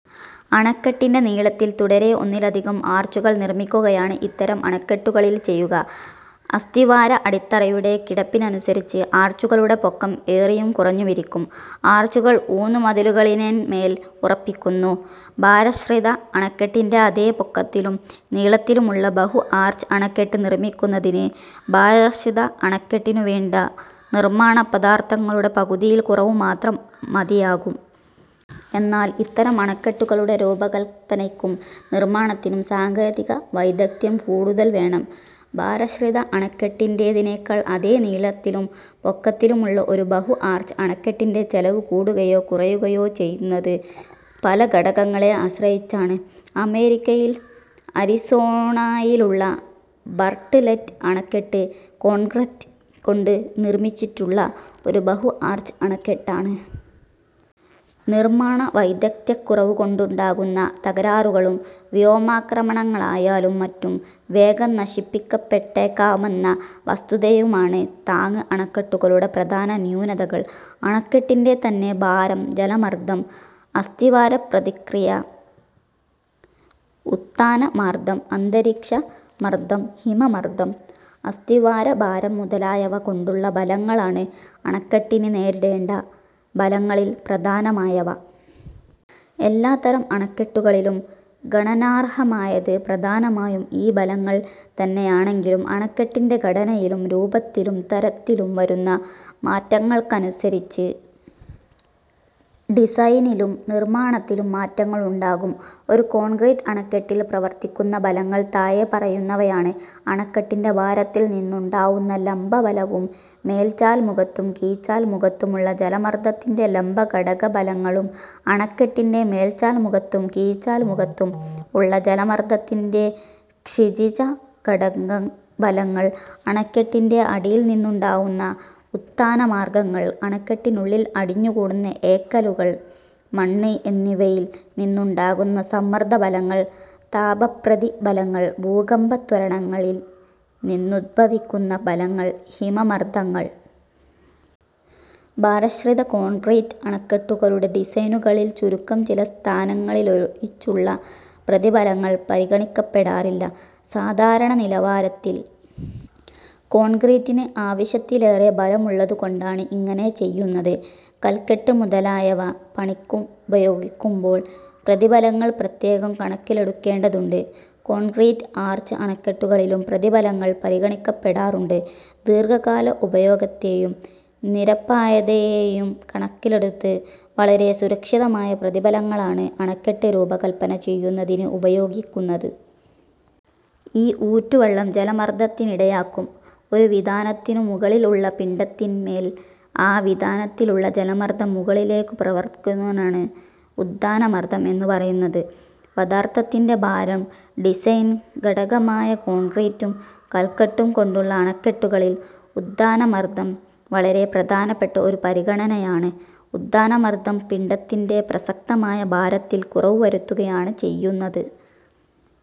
അണക്കെട്ടിന്റെ നീളത്തിൽ തുടരെ ഒന്നിലധികം ആർച്ചുകൾ നിർമ്മിക്കുകയാണ് ഇത്തരം അണക്കെട്ടുകളിൽ ചെയ്യുക. അസ്തിവാര അടിത്തറയുടെ കിടപ്പിനനുസരിച്ച് ആർച്ചുകളുടെ പൊക്കം ഏറിയും കുറഞ്ഞുമിരിക്കും. ആർച്ചുകൾ ഊന്നുമതിലുകളിൻമേൽ ഉറപ്പിക്കുന്നു. ഭാരാശ്രിത അണക്കെട്ടിന്റെ അതേ പൊക്കത്തിലും നീളത്തിലുമുള്ള ബഹു-ആർച്ച് അണക്കെട്ട് നിർമ്മിക്കുന്നതിന് ഭാരാശ്രിത അണക്കെട്ടിനു വേണ്ട നിർമ്മാണ പദാർഥങ്ങളുടെ പകുതിയിൽ കുറവുമാത്രം മതിയാകും. എന്നാൽ ഇത്തരം അണക്കെട്ടുകളുടെ രൂപകല്പനയ്ക്കും നിർമ്മാണത്തിനും സാങ്കേതിക വൈദഗ്ദ്ധ്യം കൂടുതൽ വേണം. ഭാരാശ്രിത അണക്കെട്ടിന്റേതിനെക്കാൾ, അതേ നീളത്തിലും പൊക്കത്തിലുമുള്ള ഒരു ബഹു-ആർച്ച് അണക്കെട്ടിന്റെ ചെലവ് കൂടുകയോ കുറയുകയോ ചെയ്യുന്നത് പല ഘടകങ്ങളെ ആശ്രയിച്ചാണ്. അമേരിക്കയിൽ അരിസോണായിലുള്ള ബാർട്ട്ലറ്റ് അണക്കെട്ട് കോൺക്രീറ്റ് കൊണ്ടു നിർമ്മിച്ചിട്ടുള്ള ഒരു ബഹു-ആർച്ച് അണക്കെട്ടാണ്. നിർമ്മാണ വൈദഗ്ദ്ധ്യക്കുറവു കൊണ്ടുണ്ടാകാവുന്ന തകരാറുകളും, വ്യോമാക്രമണങ്ങളാലും മറ്റും വേഗം നശിപ്പിക്കപ്പെട്ടേക്കാമെന്ന വസ്തുതയുമാണ് താങ്ങ് അണക്കെട്ടുകളുടെ പ്രധാന ന്യൂനതകൾ. അണക്കെട്ടിന്റെ തന്നെ ഭാരം, ജലമർദ്ദം, അസ്തിവാര പ്രതിക്രിയ, ഉത്ഥാന മർദ്ദം, അന്തരീക്ഷ മർദ്ദം, ഹിമ മർദ്ദം, അസ്തിവാര ഭാരം മുതലായവ കൊണ്ടുള്ള ബലങ്ങളാണ് അണക്കെട്ടിന് നേരിടേണ്ട ബലങ്ങളിൽ പ്രധാനമായവ. എല്ലാത്തരം അണക്കെട്ടുകളിലും ഗണനാർഹമായത് പ്രധാനമായും ഈ ബലങ്ങൾ തന്നെയാണെങ്കിലും അണക്കെട്ടിന്റെ ഘടനയിലും, രൂപത്തിലും, തരത്തിലും വരുന്ന മാറ്റങ്ങൾക്കനുസരിച്ച് ഡിസൈനിലും, നിർമ്മാണത്തിലും മാറ്റങ്ങളുണ്ടാകും. ഒരു കോൺക്രീറ്റ് അണക്കെട്ടിൽ പ്രവർത്തിക്കുന്ന ബലങ്ങൾ താഴെ പറയുന്നവയാണ്: അണക്കെട്ടിന്റെ ഭാരത്തിൽ നിന്നുണ്ടാവുന്ന ലംബ ബലവും, മേൽചാൽ മുഖത്തും കീഴ്ചാൽ മുഖത്തും ഉള്ള ജലമർദ്ദത്തിന്റെ ലംബ ഘടക ബലങ്ങളും; അണക്കെട്ടിന്റെ മേൽചാൽ മുഖത്തും കീഴ്ചാൽ മുഖത്തും ഉള്ള ജലമർദ്ദത്തിന്റെ ക്ഷിതിജ ഘടക ബലങ്ങൾ; അണക്കെട്ടിന്റെ അടിയിൽ നിന്നുണ്ടാവുന്ന ഉത്ഥാന മർദ്ദങ്ങൾ; അണക്കെട്ടിനുള്ളിൽ അടിഞ്ഞു കൂടുന്ന എക്കലുകൾ, മണ്ണ് എന്നിവയിൽ നിന്നുണ്ടാകുന്ന സമ്മർദ്ദ ബലങ്ങൾ; താപപ്രതി ബലങ്ങൾ; ഭൂകമ്പ ത്വരണങ്ങളിൽ നിന്നുദ്ഭവിക്കുന്ന ബലങ്ങൾ; ഹിമ മർദ്ദങ്ങൾ. ഭാരാശ്രിത കോൺക്രീറ്റ് അണക്കെട്ടുകളുടെ ഡിസൈനുകളിൽ ചുരുക്കം ചില സ്ഥാനങ്ങളിലൊഴിച്ചുള്ള പ്രതിബലങ്ങൾ പരിഗണിക്കപ്പെടാറില്ല. സാധാരണ നിലവാരത്തിൽ കോൺക്രീറ്റിന് ആവശ്യത്തിലേറെ ബലമുള്ളതു കൊണ്ടാണ് ഇങ്ങനെ ചെയ്യുന്നത്. കൽക്കെട്ട് മുതലായവ പണിക്കുപയോഗിക്കുമ്പോൾ പ്രതിബലങ്ങൾ പ്രത്യേകം കണക്കിലെടുക്കേണ്ടതുണ്ട്. കോൺക്രീറ്റ് ആർച്ച് അണക്കെട്ടുകളിലും പ്രതിബലങ്ങൾ പരിഗണിക്കപ്പെടാറുണ്ട്. ദീർഘകാല ഉപയോഗത്തെയും നിരപായതയെയും കണക്കിലെടുത്ത് വളരെ സുരക്ഷിതമായ പ്രതിബലങ്ങളാണ് അണക്കെട്ട് രൂപകല്പന ചെയ്യുന്നതിന് ഉപയോഗിക്കുന്നത്. ഈ ഊറ്റു വെള്ളം ജലമർദ്ദത്തിനിടയാക്കും. ഒരു വിതാനത്തിനു മുകളിൽ ഉള്ള പിണ്ഡത്തിൻ മേൽ ആ വിതാനത്തിലുള്ള ജലമർദ്ദം മുകളിലേക്കു പ്രവർത്തിക്കുന്നതിനാണ് ഉത്ഥാന മർദം എന്നു പറയുന്നത്. പദാർഥത്തിന്റെ ഭാരം ഡിസൈൻഘടകമായ കോൺക്രീറ്റും കൽക്കെട്ടും കൊണ്ടുള്ള അണക്കെട്ടുകളിൽ ഉത്ഥാനമർദം വളരെ പ്രധാനപ്പെട്ട ഒരു പരിഗണനയാണ്. ഉത്ഥാനമർദ്ദം പിണ്ഡത്തിന്റെ പ്രസക്തമായ ഭാരത്തിൽ കുറവു വരുത്തുകയാണ് ചെയ്യുന്നത്.